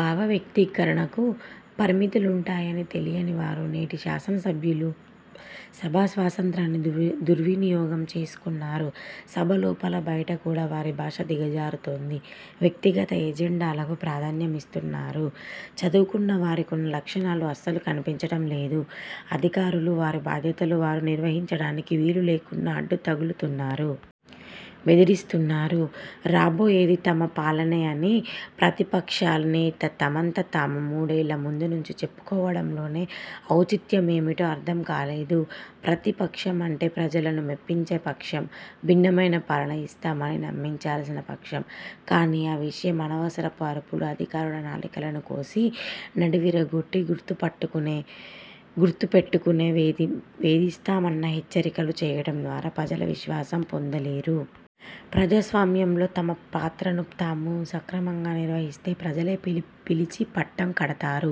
భావ వ్యక్తీకరణకు పరిమితులుంటాయని తెలియని వారు నేటి శాసన సభ్యులు. సభా స్వాతంత్ర్యాన్ని దుర్వినియోగం చేస్తున్నారు. సభ లోపల, బయట కూడా వారి భాష దిగజారుతోంది. వ్యక్తిగత ఎజెండాలకు ప్రాధాన్యమిస్తున్నారు. చదువుకున్న వారికున్న లక్షణాలు అస్సలు కనిపించటంలేదు. అధికారులు వారి బాధ్యతలు వారు నిర్వహించటానికి వీలు లేకుండా అడ్డు తగులుతున్నారు. బెదిరిస్తున్నారు. రాబోయేది తమ పాలనే అని ప్రతిపక్షనేతలు తమంత తాము మూడేళ్ల ముందునుంచి చెప్పుకోవటంలోని ఔచిత్యం ఏమిటో అర్థం కాదు. ప్రతి పక్షమంటేనే ప్రజలను మెప్పించే పక్షం. భిన్నమైన పాలన ఇస్తామని నమ్మించాల్సిన పక్షం. కానీ ఆ విషయం అనవసరపు అరుపులు, అధికారుల నాలుకలు కోసి, నడ్డి విరగ్గొట్టి, గుర్తుపెట్టుకుని వేధిస్తామన్న హెచ్చరికలు చేయటం ద్వారా ప్రజల విశ్వాసం పొందలేరు. ప్రజాస్వామ్యంలో తమ పాత్రను తాము సక్రమంగా నిర్వహిస్తే ప్రజలే పిలిచి పట్టం కడతారు.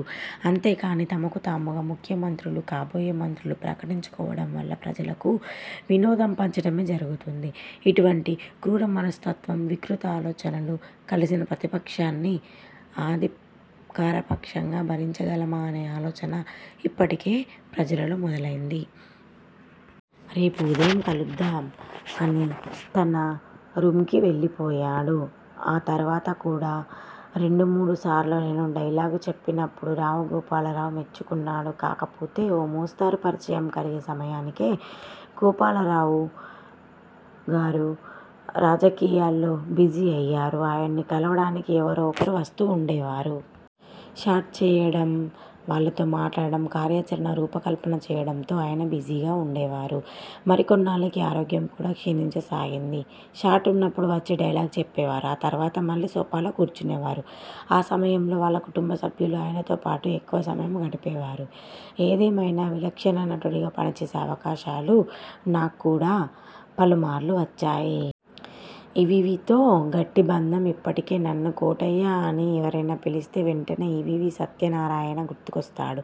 అంతేకానీ తమకు తాముగా ముఖ్యమంత్రులు, కాబోయే మంత్రులుగా ప్రకటించుకోవటం వల్ల ప్రజలకు వినోదం పంచటమే జరుగుతుంది. ఇటువంటి క్రూరమనస్తత్వం, వికృత ఆలోచనలు కలిగిన ప్రతిపక్షాన్ని అధికారపక్షంగా భరించగలమా! అనే ఆలోచన ఇప్పటికే ప్రజలలో మొదలైంది. రేపు ఉదయం కలుద్దాం' అని తన రూమ్కి వెళ్ళిపోయారు. ఆ తర్వాత కూడా రెండుమూడు సార్లు నేను డైలాగు చెప్పినప్పుడు రావుగోపాలరావుగారు మెచ్చుకున్నారు. కాకపోతే ఓ మోస్తరు పరిచయం కలిగే సమయానికే గోపాలరావుగారు రాజకీయాల్లో బిజీ అయ్యారు. ఆయన్ని కలవడానికి ఎవరో ఒకరు వస్తూ ఉండేవారు. షాట్ చేయడం, వాళ్లతో మాట్లాడటం, కార్యాచరణ రూపకల్పన చేయడంలో ఆయన బిజీగా ఉండేవారు. మరికొన్నాళ్లకి ఆరోగ్యం కూడా క్షీణించసాగింది. షాట్ ఉన్నప్పుడు వచ్చి డైలాగ్ చెప్పేవారు. ఆ తర్వాత వెళ్లి సోఫాలో కూర్చునేవారు. ఆ సమయంలో వాళ్ల కుటుంబసభ్యులు ఆయనతోపాటే ఎక్కువ సమయం గడిపేవారు. ఏదేమైనా విలక్షణ నటుడితో పనిచేసే అవకాశాలు అలా నాకు పలుమార్లు వచ్చాయి. ఈవీవీతో గట్టి బంధం ఇప్పటికీ నన్ను 'కోటయ్యా' అని ఎవరైనా పిలిస్తే వెంటనే ఈవీవీ సత్యనారాయణ గుర్తుకొస్తాడు.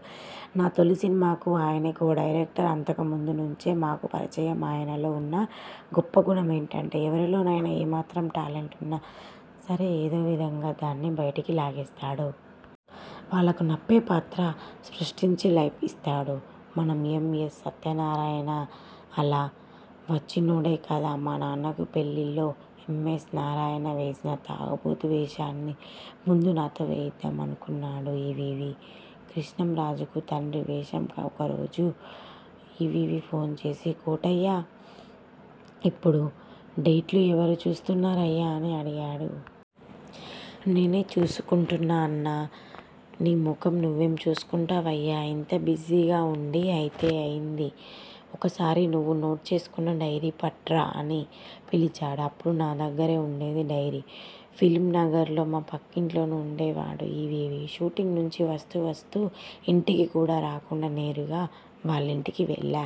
నా తొలి సినిమాకు ఆయనే కో-డైరెక్టర్. అంతకుముందునుంచే మాకు పరిచయం. ఆయనలో ఉన్న గొప్పగుణం ఏంటంటే, ఎవరిలోనైనా ఏమాత్రం టాలెంట్ ఉన్నా సరే ఏదో విధంగా దాన్ని బైటికి లాగేస్తాడు. వాళ్లకునప్పే పాత్ర సృష్టించి లైఫ్ ఇస్తాడు. మన ఎం. ఎస్. నారాయణ అలా వచ్చినోడే కదా. 'మా నాన్నకు పెళ్ళి'లో ఎం. ఎస్. నారాయణ వేసిన తాగుబోతు వేషాన్ని ముందు నాతో వేయిద్దామనుకున్నాడు ఈవీవీ. కృష్ణంరాజుకు తండ్రి వేషం ఒకరోజు ఈవీవీ ఫోన్ చేసి 'కోటయ్యా ఇప్పుడు డేట్లు ఎవరు చూస్తున్నారయ్యా' అని అడిగాడు. 'నేనే చూసుకుంటున్నా' అన్నా. 'నీ మొహం నువ్వేం చూసుకుంటావయ్యా ఇంత బిజీగా ఉండి. అయితే అయింది ఒకసారి నువ్వు నోట్ చేసుకున్న డైరీ పట్రా' అని పిలిచాడు. అప్పుడు నా దగ్గరే ఉండేది డైరీ. ఫిల్మ్నగర్లో మా పక్కింట్లోనే ఉండేవాడు ఈవీవీ. షూటింగ్ నుంచి వస్తూ వస్తూ ఇంటికి కూడా రాకుండా, నేరుగా వాళ్లింటికి వెళ్లా.